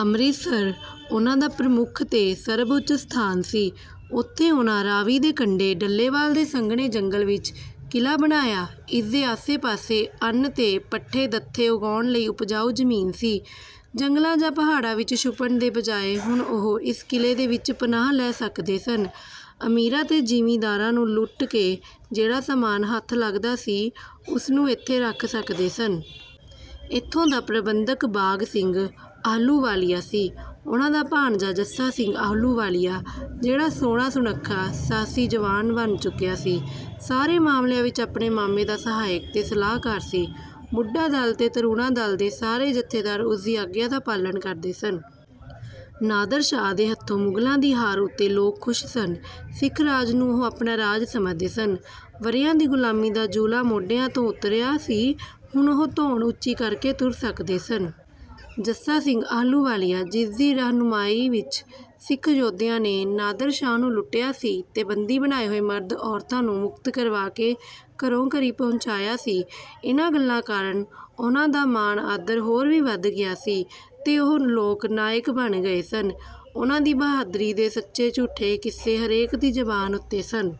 ਅੰਮ੍ਰਿਤਸਰ ਉਹਨਾਂ ਦਾ ਪ੍ਰਮੁੱਖ ਤੇ ਸਰਬਉੱਚ ਸਥਾਨ ਸੀ। ਉੱਥੇ ਉਹਨਾਂ ਰਾਵੀ ਦੇ ਕੰਢੇ ਡੱਲੇਵਾਲ ਦੇ ਸੰਘਣੇ ਜੰਗਲ ਵਿੱਚ ਕਿਲਾ ਬਣਾਇਆ, ਇਸ ਦੇ ਆਸੇ-ਪਾਸੇ ਅੰਨ ਤੇ ਪੱਠੇ-ਦੱਥੇ ਉਗਾਉਣ ਲਈ ਉਪਜਾਊ ਜ਼ਮੀਨ ਸੀ। ਜੰਗਲਾਂ ਜਾਂ ਪਹਾੜਾਂ ਵਿੱਚ ਛੁਪਣ ਦੇ ਬਜਾਏ ਹੁਣ ਉਹ ਇਸ ਕਿਲੇ ਵਿੱਚ ਪਨਾਹ ਲੈ ਸਕਦੇ ਸਨ, ਅਮੀਰਾਂ ਤੇ ਜ਼ਿਮੀਂਦਾਰਾਂ ਨੂੰ ਲੁੱਟ ਕੇ ਜਿਹੜਾ ਸਾਮਾਨ ਹੱਥ ਲੱਗਦਾ ਸੀ ਉਸਨੂੰ ਇੱਥੇ ਰੱਖ ਸਕਦੇ ਸਨ। ਇੱਥੋਂ ਦਾ ਪ੍ਰਬੰਧਕ ਬਾਘ ਸਿੰਘ ਆਹਲੂਵਾਲੀਆ ਸੀ। ਉਸ ਦਾ ਭਾਣਜਾ ਜੱਸਾ ਸਿੰਘ ਆਹਲੂਵਾਲੀਆ ਜਿਹੜਾ ਸੋਹਣਾ-ਸੁਣੱਖਾ, ਸਾਹਸੀ ਜਵਾਨ ਬਣ ਚੁੱਕਿਆ ਸੀ ਸਾਰੇ ਮਾਮਲਿਆਂ ਵਿੱਚ ਆਪਣੇ ਮਾਮੇ ਦਾ ਸਹਾਇਕ ਤੇ ਸਲਾਹਕਾਰ ਸੀ। ਬੁੱਢਾ-ਦਲ ਤੇ ਤਰੁਣਾ-ਦਲ ਦੇ ਸਾਰੇ ਜੱਥੇਦਾਰ ਉਸਦੀ ਆਗਿਆ ਦਾ ਪਾਲਣ ਕਰਦੇ ਸਨ। ਨਾਦਰ ਸ਼ਾਹ ਦੇ ਹੱਥੋਂ ਮੁਗਲਾਂ ਦੀ ਹਾਰ ਉੱਤੇ ਲੋਕ ਖੁਸ਼ ਸਨ। ਸਿੱਖ ਰਾਜ ਨੂੰ ਉਹ ਆਪਣਾ ਰਾਜ ਸਮਝਦੇ ਸਨ। ਵਰ੍ਹਿਆਂ ਦੀ ਗ਼ੁਲਾਮੀ ਦਾ ਜੂਲਾ ਮੋਢਿਆਂ ਤੋਂ ਉਤਰਿਆ ਸੀ। ਹੁਣ ਉਹ ਧੌਣ ਉੱਚੀ ਕਰਕੇ ਤੁਰ ਸਕਦੇ ਸਨ। ਜੱਸਾ ਸਿੰਘ ਆਹਲੂਵਾਲੀਆ ਜਿਸ ਦੀ ਰਾਹਨੁਮਾਈ ਵਿੱਚ ਸਿੱਖ ਯੋਧਿਆਂ ਨੇ ਨਾਦਰ ਸ਼ਾਹ ਨੂੰ ਲੁੱਟਿਆ ਸੀ ਤੇ ਬੰਦੀ ਬਣਾਏ ਹੋਏ ਮਰਦ-ਔਰਤਾਂ ਨੂੰ ਮੁਕਤ ਕਰਵਾ ਕੇ ਘਰੋ-ਘਰੀ ਪਹੁੰਚਾਇਆ ਸੀ। ਇਹਨਾਂ ਗੱਲਾਂ ਕਾਰਨ ਉਹਨਾਂ ਦਾ ਮਾਣ-ਆਦਰ ਹੋਰ ਵੀ ਵਧ ਗਿਆ ਸੀ ਤੇ ਉਹ ਲੋਕ ਨਾਇਕ ਬਣ ਗਏ ਸਨ, ਉਹਨਾਂ ਦੀ ਬਹਾਦਰੀ ਦੇ ਸੱਚੇ-ਝੂਠੇ ਕਿੱਸੇ ਹਰੇਕ ਦੀ ਜ਼ਬਾਨ ਉੱਤੇ ਸਨ।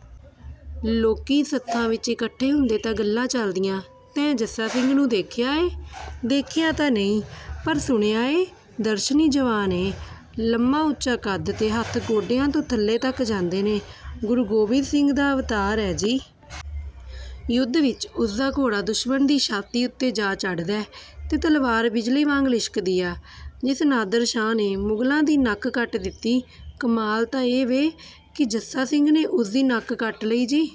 ਲੋਕੀਂ ਸੱਥਾਂ ਵਿੱਚ ਇਕੱਠੇ ਹੁੰਦੇ ਤਾਂ ਗੱਲਾਂ ਚੱਲਦੀਆਂ, "ਤੈਂ ਜੱਸਾ ਸਿੰਘ ਨੂੰ ਦੇਖਿਆ ਏ?" "ਦੇਖਿਆ ਤਾਂ ਨਹੀਂ, ਪਰ ਸੁਣਿਆਂ ਏਂ, ਦਰਸ਼ਨੀ-ਜਵਾਨ ਏਂ। ਲੰਮਾ-ਉੱਚਾ ਕੱਦ ਤੇ ਹੱਥ ਗੋਡਿਆਂ ਤੋਂ ਥੱਲੇ ਤੱਕ ਜਾਂਦੇ ਨੇ। ਗੁਰੂ ਗੋਬਿੰਦ ਸਿੰਘ ਦਾ ਅਵਤਾਰ ਐ ਜੀ। ਯੁੱਧ ਵਿੱਚ ਉਸ ਦਾ ਘੋੜਾ ਦੁਸ਼ਮਣ ਦੀ ਛਾਤੀ ਉੱਤੇ ਜਾ ਚੜ੍ਹਦੈ ਤੇ ਤਲਵਾਰ ਬਿਜਲੀ ਵਾਂਗ ਲਿਸ਼ਕਦੀ ਆ। ਜਿਸ ਨਾਦਰ ਸ਼ਾਹ ਨੇ ਮੁਗਲਾਂ ਦੀ ਨੱਕ ਕੱਟ ਦਿੱਤੀ, ਕਮਾਲ ਤਾਂ ਇਹ ਵੇ ਕਿ ਜੱਸਾ ਸਿੰਘ ਨੇ ਉਸਦੀ ਨੱਕ ਕੱਟ ਲਈ ਜੀ।"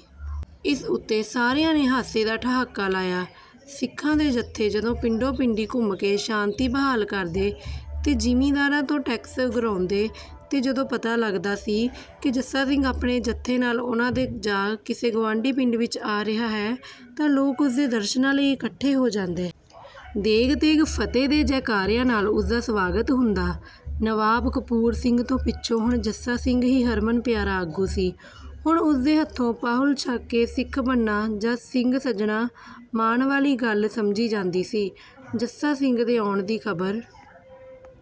ਇਸ ਉੱਤੇ ਸਾਰਿਆਂ ਨੇ ਹਾਸੇ ਦਾ ਠਹਾਕਾ ਲਾਇਆ। ਸਿੱਖਾਂ ਦੇ ਜੱਥੇ ਜਦੋਂ ਪਿੰਡੋ-ਪਿੰਡੀ ਘੁੰਮ ਕੇ ਸ਼ਾਂਤੀ ਬਹਾਲ ਕਰਦੇ ਤੇ ਜ਼ਿਮੀਂਦਾਰਾਂ ਤੋਂ ਟੈਕਸ ਉਗਰਾਉਂਦੇ ਤੇ ਜਦੋਂ ਪਤਾ ਲੱਗਦਾ ਸੀ ਕਿ ਜੱਸਾ ਸਿੰਘ ਆਪਣੇ ਜੱਥੇ ਨਾਲ ਉਹਨਾਂ ਦੇ ਜਾਂ ਕਿਸੇ ਗੁਆਂਢੀ ਪਿੰਡ ਵਿੱਚ ਆ ਰਿਹਾ ਹੈ ਤਾਂ ਲੋਕ ਉਸਦੇ ਦਰਸ਼ਨਾਂ ਲਈ ਇਕੱਠੇ ਹੋ ਜਾਂਦੇ। 'ਦੇਗ ਤੇਗ ਫਤਿਹ' ਦੇ ਜੈਕਾਰਿਆਂ ਨਾਲ ਉਸਦਾ ਸਵਾਗਤ ਹੁੰਦਾ। ਨਵਾਬ ਕਪੂਰ ਸਿੰਘ ਤੋਂ ਪਿੱਛੋਂ ਹੁਣ ਜੱਸਾ ਸਿੰਘ ਹੀ ਹਰਮਨ ਪਿਆਰਾ ਆਗੂ ਸੀ। ਹੁਣ ਉਸਦੇ ਹੱਥੋਂ ਪਾਹੁਲ ਛਕ ਕੇ ਸਿੱਖ ਬਣਨਾ ਜਾਂ ਸਿੰਘ ਸੱਜਣਾ ਮਾਣ ਵਾਲੀ ਗੱਲ ਸਮਝੀ ਜਾਂਦੀ ਸੀ। ਜੱਸਾ ਸਿੰਘ ਦੇ ਆਉਣ ਦੀ ਖਬਰ